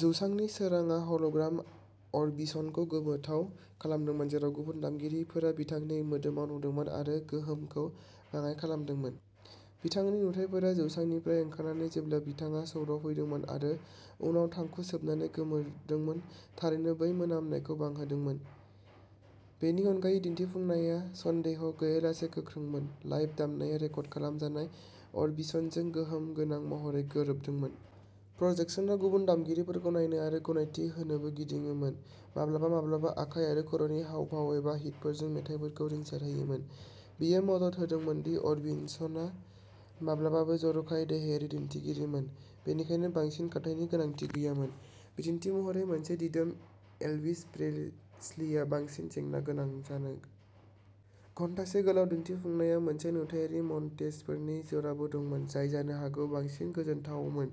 जौसांनि सोरांआ हल'ग्राम अरबिसनखौ गोमोथाव खालामदोंमोन, जेराव गुबुन दामगिरिफोरा बिथांनि मोदोमाव नुदोंमोन आरो गोहोमखौ बाङाइ खालामदोंमोन। बिथांनि नुथाइफोराबो जौसांनिफ्राय ओंखारनानै जेब्ला बिथाङा सौफैदोंमोन आरो उनाव थांखु सोबनानै गोमोरदोंमोन थारैनो बे मोनामनायखौ बांहोदोंमोन। बेनि अनगायै, दिन्थिफुंनाया सन्देह गैयालासेनो गोख्रोंमोन, लाइभ दामनाया रेकर्ड खालामजानाय अरबिसनजों गोहोम गोनां महरै गोरोबदोंमोन। प्रजेकसनआ गुबुन दामगिरिफोरखौ नायनो आरो गनायथि होनोबो गिदिङोमोन, माब्लाबा माब्लाबा आखाइ आरो खर'नि हाव भाव एबा हिटफोरजों मेथाइफोरखौ रिंसारहोयोमोन। बेयो मदद होदोंमोन दि अरबिसनआ माब्लाबाबो जर'खायै देहायारि दिन्थिगिरिमोन, बेनिखायनो बांसिन खारथायनि गोनांथि गैयामोन, बिदिन्थि महरै, मोनसे दिदोम एल्विस प्रेस्लीआ बांसिन जेंना गोनां जागोन। घन्टासे गोलाव दिन्थिफुंनायाव मोनसे नुथायारि मन्टेजफोरनि जराबो दंमोन जाय जानो हागौ बांसिन गोजोनथावमोन,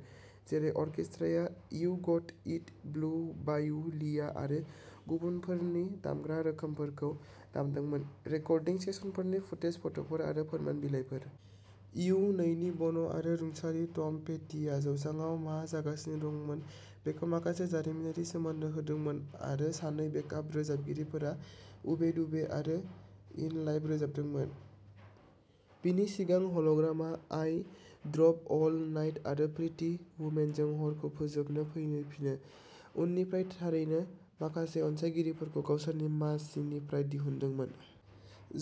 जेरै अर्केस्ट्राया you got it, blue bayou, लिया आरो गुबुनफोरनि दामग्रा रोखोमफोरखौ दामदोंमोन, रेकर्डिं सेसनफोरनि फुटेज, फट'फोर आरो फोरमान बिलाइफोर। इउ नैनि बन' आरो रुंसारि टम पेटिआ जौसाङाव मा जागासिनो दंमोन बेखौ माखासे जारिमिनारि सोमोन्दो होदोंमोन आरो सानै बेकआप रोजाबगिरिफोरा उबे डुबे आरो इन लाभ रोजाबदोंमोन, बिनि सिगां हल'ग्रामआ आई ड्र'भ अल नाइट आरो प्रिटि वुमेनजों हरखौ फोजोबनो फैफिनो, उननिफ्रा थारैनो माखासे अनसायगिरिफोरखौ गावसोरनि मासिनिफ्राय दिहुनदोंमोन।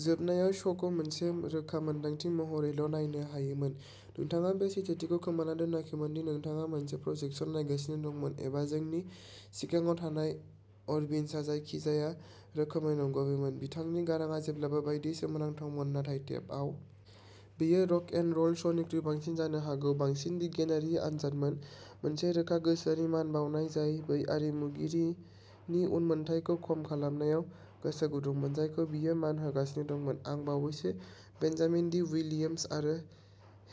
जोबनायाव, श'खौ मोनसे रोखा मोन्दांथि महरैल' नायनो हायोमोन। नोंथाङा बे सैथोथिखौ खोमाना दोन्नाखैमोन दि नोंथाङा मोनसे प्रजेकसन नायगासिनो दंमोन एबा जोंनि सिगाङाव थानाय अरबिजनआ जायखिजाया रोखोमै नंगुबै मोन। बिथांनि गारांआ जेब्लाबो बायदि सोमोनांथावमोन नाथाय टेपआव। बेयो रक एन र'ल श'निख्रुइ बांसिन आरो जानो हागौ बांसिन बिगियानारि आनजादमोन, मोनसे रोखा गोसोआरि मान बाउनाय जाय बै आरिमुगिरिनि उनमोनथायखौ खम खालामनायाव गोसो गुदुंमोन जायखौ बियो मान होगासिनो दंमोन। आं बावैसो बेन्जामिन डी विलियम्स आरो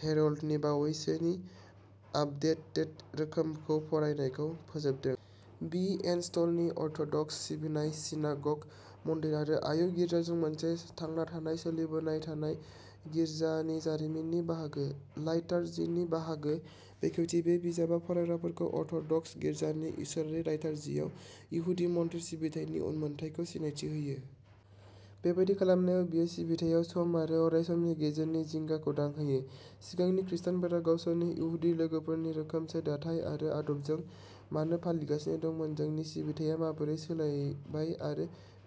हेरल्डनि बावैसोनि आपडेटेड रोखोमखौ फरायनायखौ फोजोबदों। बि एन्स्टलनि अर्थ'डक्स सिबिनाय सिनाग'ग, मन्दिर आरो आगु गिर्जाजों मोनसे थांना थानाय सोलिबाय थानाय। गिर्जानि जारिमिननि बाहागो, लाइटारजिनि बाहागो बेखेवथि, बे बिजाबआ फरायग्राफोरखौ अर्थ'डक्स गिर्जानि इसोरारि लाइटारजियाव इहुदि मन्दिर सिबिथायनि उनमोनथाइखौ सिनायथि होयो। बेबादि खालामनायाव, बेयो सिबिथायाव सम आरो अरायसमनि गेजेरनि जिंगाखौ दांहोयो। सिगांनि खृस्टानफोरा गावसोरनि इहुदि लोगोफोरनि रोखोमसे दाथाय आरो आदबजों मानो फालिगासिनो दंमोन? जोंनि सिबिथाया माबोरै सोलायबाय आरो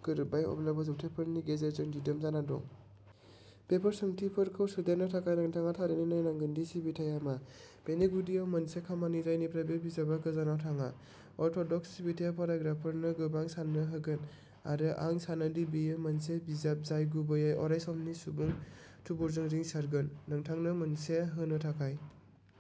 गोरोबबाय, अब्लाबो जौथायफोरनि गेजेरजों दिदोम जाना दं? बेफोर सोंथिफोरखौ सोदेरनो थाखाय, नोंथाङा थारैनो नायनांगोन दि सिबिथाया मा, बेनि गुदियाव मोनसे खामानि जायनिफ्राय बे बिजाबआ गोजानाव थाङा। अर्थ'डक्स सिबिथाया फरायग्राफोरनो गोबां साननो होगोन आरो आं सानोदि बेयो मोनसे बिजाब जाय गुबैयै अरायसमनि सुबुं थुबुरजों रिंसारगोन। नोंथांनो मोनसे होनो थाखाय।